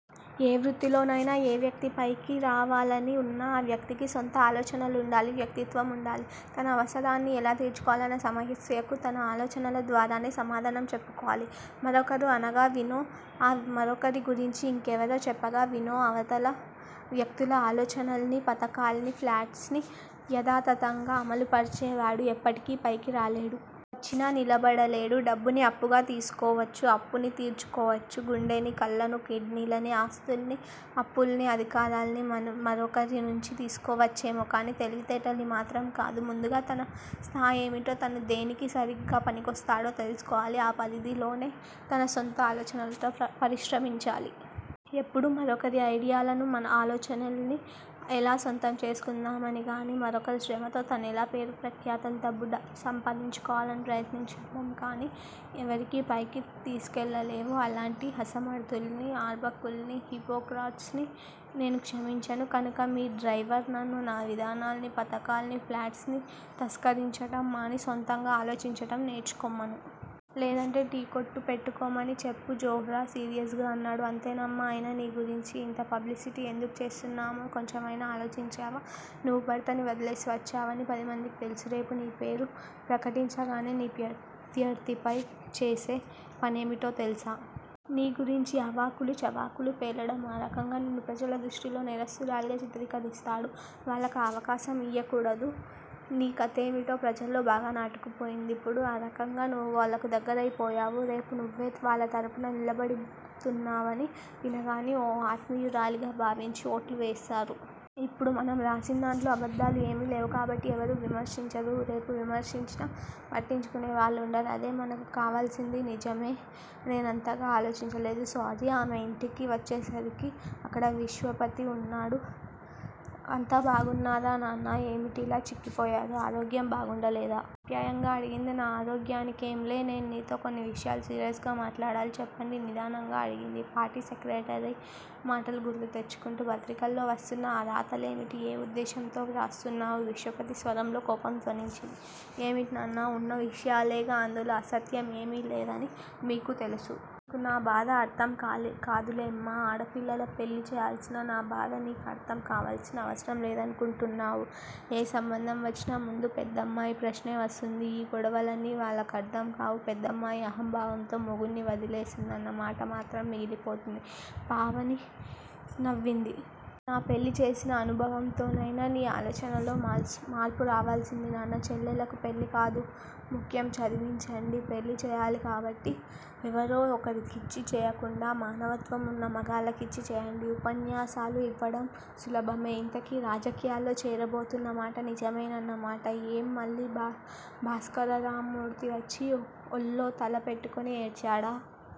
ఏ వృత్తిలోనైనా, ఏ వ్యక్తికి పైకి రావాలని ఉన్నా ఆ వ్యక్తికి సొంత ఆలోచనలుండాలి వ్యక్తిత్వముండాలి. తన అవసరాన్ని ఎలా తీర్చుకోవాలన్న సమస్యకు తన ఆలోచనల ద్వారానే సమాధానం చెప్పుకోవాలి. మరొకరు అనగా వినో, ఆ మరొకరి గురించి ఇంకెవరో చెప్పగా వినో అవతల వ్యక్తుల ఆలోచనల్ని, పథకాల్ని, ఫ్లాట్స్ ని యధాతధంగా అమలుపరిచేవాడు ఎప్పటికీ పైకి రాలేడు. వచ్చినా నిలబడలేడు. డబ్బుని అప్పుగా తీసుకోవచ్చు. అప్పుని తీర్చుకోవచ్చు. గుండెని, కళ్ళను, కిడ్నీల్ని, ఆస్తుల్ని, అప్పుల్ని, అధికారాల్ని మరొకరి నుంచి తీసుకోవచ్చేమో కాని తెలివితేటల్ని మాత్రం కాదు. ముందుగా తన స్థాయేమిటో తను దేనికి సరిగ్గా పనికొస్తాడో తెలుసుకోవాలి. ఆ పరిధిలోనే తన సొంత ఆలోచనలతో పరిశ్రమించాలి. ఎప్పుడూ మరొకరి ఐడియాలను, ఆలోచనల్ని ఎలా సొంతం చేసుకుందామనిగాని, మరొకరి శ్రమతో తనెలా పేరు ప్రఖ్యాతులు, డబ్బు సంపాదించుకోవాలని ప్రయత్నించటం కాని ఎవరినీ పైకి తీసుకెళ్ళలేవు. అలాంటి అసమర్ధుల్ని, అర్భకుల్ని, హిపోక్రాట్స్ ని నేను క్షమించను. కనుక మీ డ్రైవర్ నన్ను, నా విధానాల్ని, పధకాల్ని, ప్లాట్స్ ని తస్కరించటం మాని సొంతంగా ఆలోచించటం నేర్చుకొమ్మను. లేదంటే టీ కొట్టు పెట్టుకోమని చెప్పు జోహ్రా సీరియస్ గా అన్నాడు. అంతేనమ్మా! అయినా నీ గురించి ఇంత పబ్లిసిటీ ఎందుకు చేస్తున్నామో కొంచెమైనా ఆలోచించావా? నువ్వు భర్తని వదిలేసి వచ్చావాని పదిమందికీ తెలుసు. రేపు నీ పేరు ప్రకటించగానే నీ ప్రత్యర్ధి చేసే పనేమిటో తెలుసా? నీ గురించి అవాకులు చవాకులు పేలడం. ఆ రకంగా నిన్ను ప్రజల దృష్టిలో నేరస్థురాలిగా చిత్రీకరిస్తాడు. వాళ్ళకా అవకాశం యివ్వకూడదు. నీ కథేమిటో ప్రజల్లో బాగా నాటుకుపోయిందిప్పుడు. ఆ రకంగా నువ్వు వాళ్ళకు దగ్గరయిపోయావు. రేపు నువ్వే వాళ్ళ తరపున నిలబడబోతున్నావాని వినగానే ఓ ఆత్మీయురాలిగా భావించి ఓట్లు వేస్తారు. ఇప్పుడు మనం రాసిందాంట్లో అబద్దాలు ఏమీ లేవు కాబట్టి ఎవరూ విమర్శించరు. రేపు విమర్శించినా పట్టించుకునే వాళ్ళుండరు. అదే మనకు కావాల్సింది. నిజమే! నేనంతగా ఆలోచించలేదు. సారీ ఆమె ఇంటికి వచ్చేసరికి అక్కడ విశ్వపతి వున్నాడు. అంతా బాగున్నారా నాన్నా? ఏమిటిలా చిక్కి పోయారు? ఆరోగ్యం బాగుండలేదా? ఆప్యాయంగా అడిగింది. నా ఆరోగ్యానికేంలే నేను నీతో కొన్ని విషయాలు సీరియస్ గా మాట్లాడాలి. చెప్పండి నిదానంగా అడిగింది పార్టీ సెక్రటరీ మాటలు గుర్తు తెచ్చుకుంటూ. పత్రికల్లో వస్తున్న ఆ రాతలేమిటి? ఏ ఉద్దేశ్యంతో వ్రాస్తున్నావు? విశ్వపతి స్వరంలో కోపం ధ్వనించింది. ఏమిటి నాన్న? ఉన్న విషయాలేగా అందులో అసత్యం ఏమీ లేదనీ మీకూ తెలుసు. నీకు నా బాధ అర్ధం కాదులేమ్మా ఆడపిల్లల పెళ్ళి చేయాల్సిన నా బాధ నీకర్ధం కావాల్సిన అవసరం లేదనుకుంటున్నావు. ఏ సంబంధం వచ్చినా ముందు పెద్దమ్మాయి ప్రశ్నే వస్తుంది. ఈ గొడవలన్నీ వాళ్ళకర్ధం కావు. పెద్దమ్మాయి అహంభావంతో మొగుడ్ని వదిలేసిందన్న మాట మాత్రం మిగిలిపోతుంది. పావని నవ్వింది. నా పెళ్ళి చేసిన అనుభవంతోనైనా నీ ఆలోచనల్లో మార్పు రావాల్సింది నాన్నా! చెల్లెళ్ళకు పెళ్ళికాదు ముఖ్యం. చదివించండి. పెళ్ళి చేయాలి కాబట్టి ఎవరో ఒకరికిచ్చి చేయకుండా మానవత్వం వున్న మగాళ్ళకిచ్చి చేయండి. ఉపన్యాసాలు ఇవ్వడం సులభమే. ఇంతకీ రాజకీయాల్లో చేరబోతున్నమాట నిజమేనన్నమాట? ఏం మళ్ళీ భాస్కరరామ్మూర్తి వచ్చి ఒళ్ళో తల పెట్టుకుని ఏడ్చాడా?